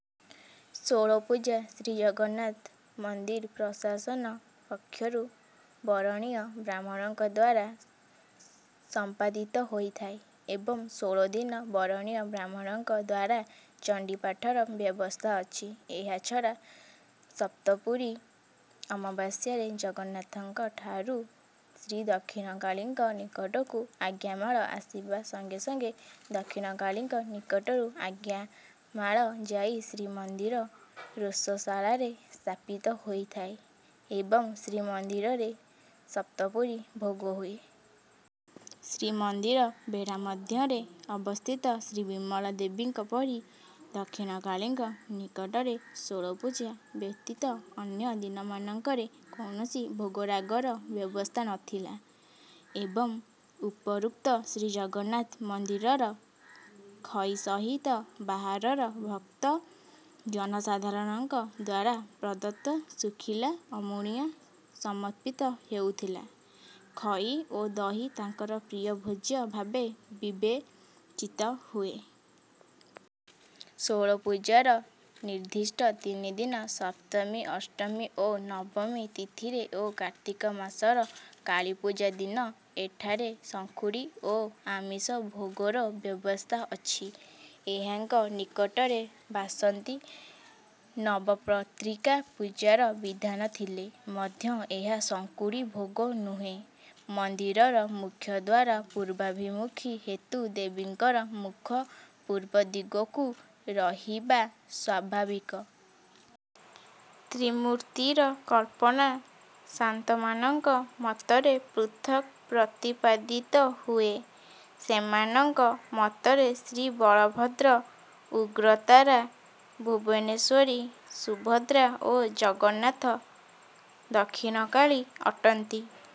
ଷୋଳପୂଜା ଶ୍ରୀଅଗନ୍ନାଥ ମନ୍ଦିର୍ ପ୍ରଶାସନ ପକ୍ଷରୁ ବରଣୀୟ ବ୍ରାହ୍ମଣଙ୍କ ଦ୍ୱାରା ସମ୍ପାଦିତ ହୋଇଥାଏ ଏବଂ ଷୋଳଦିନ ବରଣୀୟ ବ୍ରାହ୍ମଣଙ୍କ ଦ୍ୱାରା ଚଣ୍ଡୀପାଠର ବ୍ୟବସ୍ଥା ଅଛି। ଏହାଛଡ଼ା ସପ୍ତପୁରୀ ଅମାବାସ୍ୟାରେ ଜଗନ୍ନାଥଙ୍କ ଠାରୁ ଶ୍ରୀଦକ୍ଷିଣକାଳୀଙ୍କ ନିକଟକୁ ଆଜ୍ଞାମାଳ ଆସିବା ସଙ୍ଗେ ସଙ୍ଗେ ଦକ୍ଷିଣକାଳୀଙ୍କ ନିକଟରୁ ଆଜ୍ଞାମାଳ ଯାଇ ଶ୍ରୀମନ୍ଦିର ରୋଷଶାଳାରେ ସ୍ଥାପିତ ହୋଇଥାଏ ଏବଂ ଶ୍ରୀମନ୍ଦିରରେ ସପ୍ତପୁରୀ ଭୋଗ ହୁଏ। ଶ୍ରୀମନ୍ଦିର ବେଢ଼ା ମଧ୍ୟରେ ଅବସ୍ଥିତ ଶ୍ରୀବିମଳା ଦେବୀଙ୍କ ପରି ଦକ୍ଷିଣକାଳୀଙ୍କ ନିକଟରେ ଷୋଳପୂଜା ବ୍ୟତୀତ ଅନ୍ୟ ଦିନମାନଙ୍କରେ କୌଣସି ଭୋଗରାଗର ବ୍ୟବସ୍ଥା ନଥିଲା ଏବଂ ଉପରୋକ୍ତ ଶ୍ରୀଜଗନ୍ନାଥ ମନ୍ଦିରର ଖଇ ସହିତ ବାହାରର ଭକ୍ତ ଜନସାଧାରଣଙ୍କ ଦ୍ୱାରା ପ୍ରଦତ୍ତ ଶୁଖିଲା ଅମୁଣିଆ ସମର୍ପିତ ହେଉଥିଲା। ଖଇ ଓ ଦହି ତାଙ୍କର ପ୍ରିୟ ଭୋଜ୍ୟ ଭାବେ ବିବେଚିତ ହୁଏ। ଷୋଳପୂଜାର ନିର୍ଦ୍ଦିଷ୍ଟ ତିନିଦିନ ସପ୍ତମୀ, ଅଷ୍ଟମୀ ଓ ନବମୀ ତିଥିରେ ଓ କାର୍ତ୍ତିକ ମାସର କାଳୀପୂଜା ଦିନ ଏଠାରେ ସଂଖୁଡ଼ି ଓ ଆମିଷ ଭୋଗର ବ୍ୟବସ୍ଥା ଅଛି। ଏହାଙ୍କ ନିକଟରେ ବାସନ୍ତୀ ନବପ୍ରତ୍ରିକା ପୂଜାର ବିଧାନ ଥିଲେ ମଧ୍ୟ ଏହା ସଂଖୁଡ଼ି ଭୋଗ ନୁହେଁ। ମନ୍ଦିରର ମୁଖ୍ୟଦ୍ୱାର ପୂର୍ବାଭିମୁଖୀ ହେତୁ ଦେବୀଙ୍କର ମୁଖ ପୂର୍ବ ଦିଗକୁ ରହିବା ସ୍ୱାଭାବିକ। ତ୍ରିମୂର୍ତ୍ତିର କଳ୍ପନା ଶାନ୍ତମାନଙ୍କ ମତରେ ପୃଥକ୍ ପ୍ରତିପାଦିତ ହୁଏ। ସେମାନଙ୍କ ମତରେ ଶ୍ରୀବଳଭଦ୍ର ଉଗ୍ରତାରା, ଭୁବନେଶ୍ୱରୀ ସୁଭଦ୍ରା ଓ ଜଗନ୍ନାଥ ଦକ୍ଷିଣକାଳୀ ଅଟନ୍ତି।